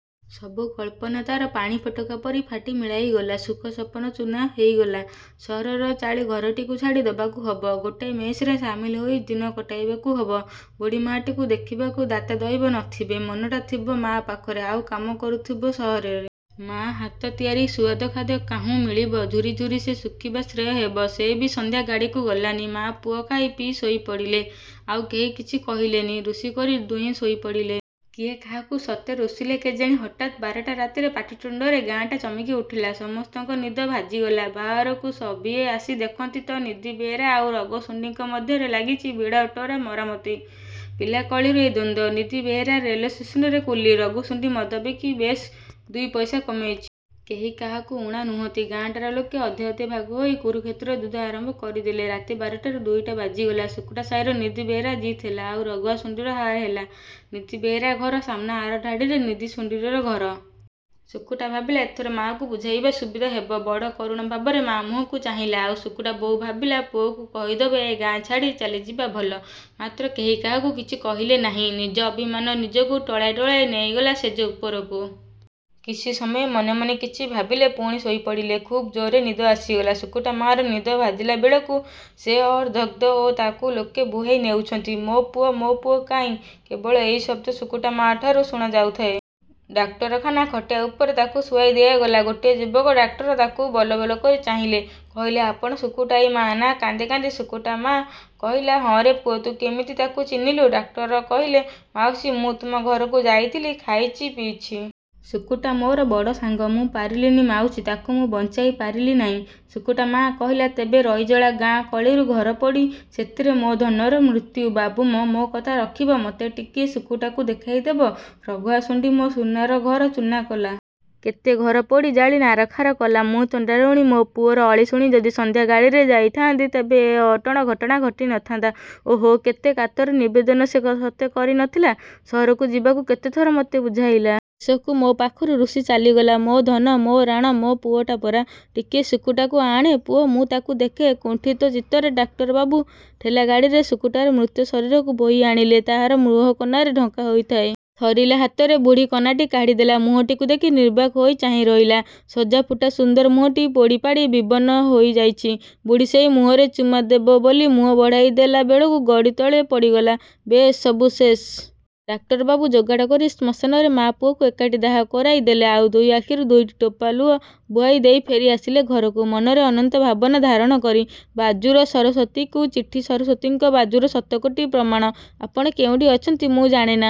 ସବୁ କଳ୍ପନା ତାର ପାଣି ଫୋଟକା ପରି ଫାଟି ମିଳାଇଗଲା। ସୁଖ ସପନ ଚୂନା ହେଇଗଲା। ସହରର ଚାଳି ଘରଟିକୁ ଛାଡ଼ି ଦବାକୁ ହବ। ଗୋଟାଏ ମେସରେ ସାମିଲ ହୋଇ ଦିନ କଟାଇବାକୁ ହବ। ବୁଢ଼ୀମାଟାକୁ ଦେଖିବାକୁ ଦାତା ଦଇବ ନ ଥିବେ। ମନଟା ଥିବ ମା ପାଖରେ ଆଉ କାମ କରୁଥିବ ସହରରେ। ମା' ହାତ ତିଆରି ସୁଆଦୁ ଖାଦ୍ୟ କାହୁଁ ମିଳିବ। ଝୁରିୁ ଝୁରି ସେ ଶୁଖିବା ଶ୍ରେୟ ହେବ। ସେ ବି ସନ୍ଧ୍ୟା ଗାଡ଼ିକୁ ଗଲାନି-। ମା' ପୁଅ ଖାଇ ପିଇ ଶୋଇ ପଡ଼ିଲେ। ଆଉ କେହି କିଛି କହିଲେନି। ରୁଷି କରି ଦୁହେଁ ଶୋଇ ପଡ଼ିଲେ। କିଏ କାହାକୁ ସତେ ରୁଷିଲେ କେଜାଣି? ହଠାତ୍ ବାରଟା ରାତିରେ ପାଟିତୁଣ୍ଡରେ ଗାଁଟା ଚମକିଉଠିଲା। ସମସ୍ତଙ୍କ ନିଦ ଭାଜିଗଲା। ବାହାରକୁ ସଭିଏ ଆସି ଦେଖନ୍ତି ତ ନିଧି ବେହେରା ଆଉ ରଘୁ ଶୁଣ୍ଢିଙ୍କ ମଧ୍ୟରେ ଲାଗିଚି ଭିଡ଼ାଓଟରା ମରାମତି। ପିଲା କଳିରୁ ଏ ଦ୍ୱନ୍ଦ୍ୱ। ନିଧି ବେହେରା ରେଳଷ୍ଟେସନରେ କୁଲି, ରଘୁ ଶୁଣ୍ଡି ମଦ ବିକି ବେଶ ଦୁଇପଇସା କମେଇଚି। କେହି କାହାକୁ ଊଣା ନୁହନ୍ତି। ଗାଁଟାର ଲୋକେ ଅଧେ ଅଧେ ଭାଗ ହୋଇ କୁରୁକ୍ଷେତ୍ର ଯୁଦ୍ଧ ଆରମ୍ଭ କରିଦେଲେ। ରାତି ବାରଟାରୁ ଦୁଇଟା ବାଜିଗଲା। ଶୁକୁଟା ସାହିର ନିଧି ବେହେରା ଜିତ୍ ହେଲା ଆଉ ରଘୁଆ ଶୁଣ୍ଢିର ହାର ହେଲା। ନିଧି ବେହେରା ଘର ସାମନା ଆରଧାଡ଼ିରେ ନିଧି ଶୁଣ୍ଢିର ଘର। ଶୁକୁଟା ଭାବିଲା, ଏଥର ମା'କୁ ବୁଝାଇବା ସୁବିଧା ହେବ। ବଡ଼ କରୁଣ ଭାବରେ ମା' ମୁହଁକୁ। ଚାହିଁଲା। ଆଉ ଶୁକୁଟା ବୋଉ ଭାବିଲା, ପୁଅକୁ କହିଦବ ଏ ଗାଁ ଛାଡ଼ି ଚାଲିଯିବା ଭଲ। ମାତ୍ର କେହି କାହାକୁ କିଛି କହିଲେ ନାହିଁ। ନିଜ ଅଭିମାନ ନିଜକୁ ଟଳାଇ ଟଳାଇ ନେଇଗଲା ଶେଯ ଉପରକୁ। କିଛି ସମୟ ମନେ ମନେ କିଛି ଭାବିଲେ, ପୁଣି ଶୋଇ ପଡ଼ିଲେ। ଖୁବ୍ ଜୋରରେ ନିଦ ଆସିଗଲା। ଶୁକୁଟା ମା'ର ନିଦ ଭାଜିଲା ବେଳକୁ ସେ ଅର୍ଦ୍ଧଦଗ୍ଧ ଓ ତାକୁ ଲୋକେ ବୁହାଇ ନେଉଛନ୍ତି। ମୋ ପୁଅ' ମୋ ପୁଅ କାହିଁ? ' କେବଳ ଏଇ ଶବ୍ଦ ଶୁକୁଟା ମା'ଠାରୁ ଶୁଣା ଯାଉଥାଏ। ଡାକ୍ତରଖାନା ଖଟିଆ ଉପରେ ତାକୁ ଶୁଆଇ ଦିଆଗଲା। ଗୋଟିଏ ଯୁବକ ଡାକ୍ତର ତାକୁ ବଲବଲ କରି ଚାହିଁଲେ। କହିଲେ—ଆପଣ ଶୁକୁଟାଇ ମା'ନା! କାନ୍ଦି କାନ୍ଦି ଶୁକୁଟା ମା' କହିଲା—ହଁ ରେ ପୁଅ, ତୁ କିମିତି ତାକୁ ଚିହ୍ନିଲୁ? ଡାକ୍ତର କହିଲେ—ମାଉସି, ମୁଁ ତୁମ ଘରକୁ ଯାଇଥିଲି, ଖାଇଚି, ପିଇଚି। ଶୁକୁଟା ମୋର ବଡ଼ ସାଙ୍ଗ। ମୁଁ ପାରିଲିନି ମାଉସି, ତାକୁ ମୁଁ ବଞ୍ଚାଇ ପାରିଲି ନାଇଁ। ଶୁକୁଟା ମା' କହିଲା—ତେବେ ରଇଜଳା ଗାଁ କଳିରୁ ଘରପୋଡ଼ି, ସେଥିରେ ମୋ ଧନର ମୃତ୍ୟୁ? ବାବୁ ମ, ମୋ କଥା ରଖିବ? ମତେ ଟିକିଏ ଶୁକୁଟାକୁ ଦେଖାଇଦେବ? ରଘୁଆ ଶୁଣ୍ଢି ମୋ ସୁନାର ଘର ଚୂନା କଲା। କେତେ ଘର ପୋଡ଼ି ଜାଳି ନାରଖାର କଲା। ମୁଁ ଚଣ୍ଡାଳୁଣୀ ମୋ ପୁଅର ଅଳି ଶୁଣି ଯଦି ସନ୍ଧ୍ୟା ଗାଡ଼ିରେ ଯାଇ ଥାଆନ୍ତି, ତେବେ ଏଅଟଣ ଘଟଣା ଘଟି ନ ଥାଆନ୍ତା। ଓହୋ, କେତେ କାତର ନିବେଦନ ସେ ସତେ କରି ନ ଥିଲା! ସହରକୁ ଯିବାକୁ କେତେଥର ମତେ ବୁଝାଇଲା। ଶେଷକୁ ମୋ ପାଖରୁ ରୁଷି ଚାଲିଗଲା। ମୋ ଧନ, ମୋ ରାଣ, ମୋ ପୁଅଟା ପରା, ଟିକିଏ ଶୁକୁଟାକୁ ଆଣେ ପୁଅ ମୁଁ ତାକୁ ଦେଖେ। କୁଣ୍ଠିତ ଚିତ୍ତରେ ଡାକ୍ତର ବାବୁ ଠେଲା ଗାଡ଼ିରେ ଶୁକୁଟାର ମୃତ ଶରୀରକୁ ବୋହି ଆଣିଲେ। ତାର ମୁହଁ କନାରେ ଢଙ୍କା ହୋଇଥାଏ। ଥରିଲା ହାତରେ ବୁଢ଼ୀ କନାଟି କାଢ଼ିଦେଲା। ମୁହଁଟିକୁ ଦେଖି ନିର୍ବାକ୍ ହୋଇ ଚାହିଁ ରହିଲା। ସଜଫୁଟା ସୁନ୍ଦର ମୁହଁଟି ପୋଡ଼ିପାଡ଼ି ବିବର୍ଣ୍ଣ ହୋଇ ଯାଇଚି। ବୁଢ଼ୀ ସେଇ ମୁହଁରେ ଚୁମା ଦେବ ବୋଲି ମୁହଁ ବଢ଼ାଇ ଦେଲା ବେଳକୁ ଗଡ଼ି ତଳେ ପଡ଼ିଗଲା। ବେଶ୍, ସବୁ ଶେଷ। ଡାକ୍ତରବାବୁ ଯୋଗାଡ଼ କରି ଶ୍ମଶାନରେ ମା' ପୁଅଙ୍କୁ ଏକାଠି ଦାହ କରାଇ ଦେଲେ ଆଉ ଦୁଇ ଆଖିରୁ ଦୁଇଟି ଟୋପା ଲୁହ ବୁହାଇ ଦେଇ ଫେରି ଆସିଲେ ଘରକୁ, ମନରେ ଅନନ୍ତ ଭାବନା ଧାରଣକରି। ବାଜୁର ସରସ୍ୱତୀଙ୍କୁ ଚିଠି ସରସ୍ୱତୀଙ୍କ ବାଜୁର ଶତକୋଟି ପ୍ରମାଣ। ଆପଣ କେଉଁଠି ଅଛନ୍ତି ମୁଁ ଜାଣେନା।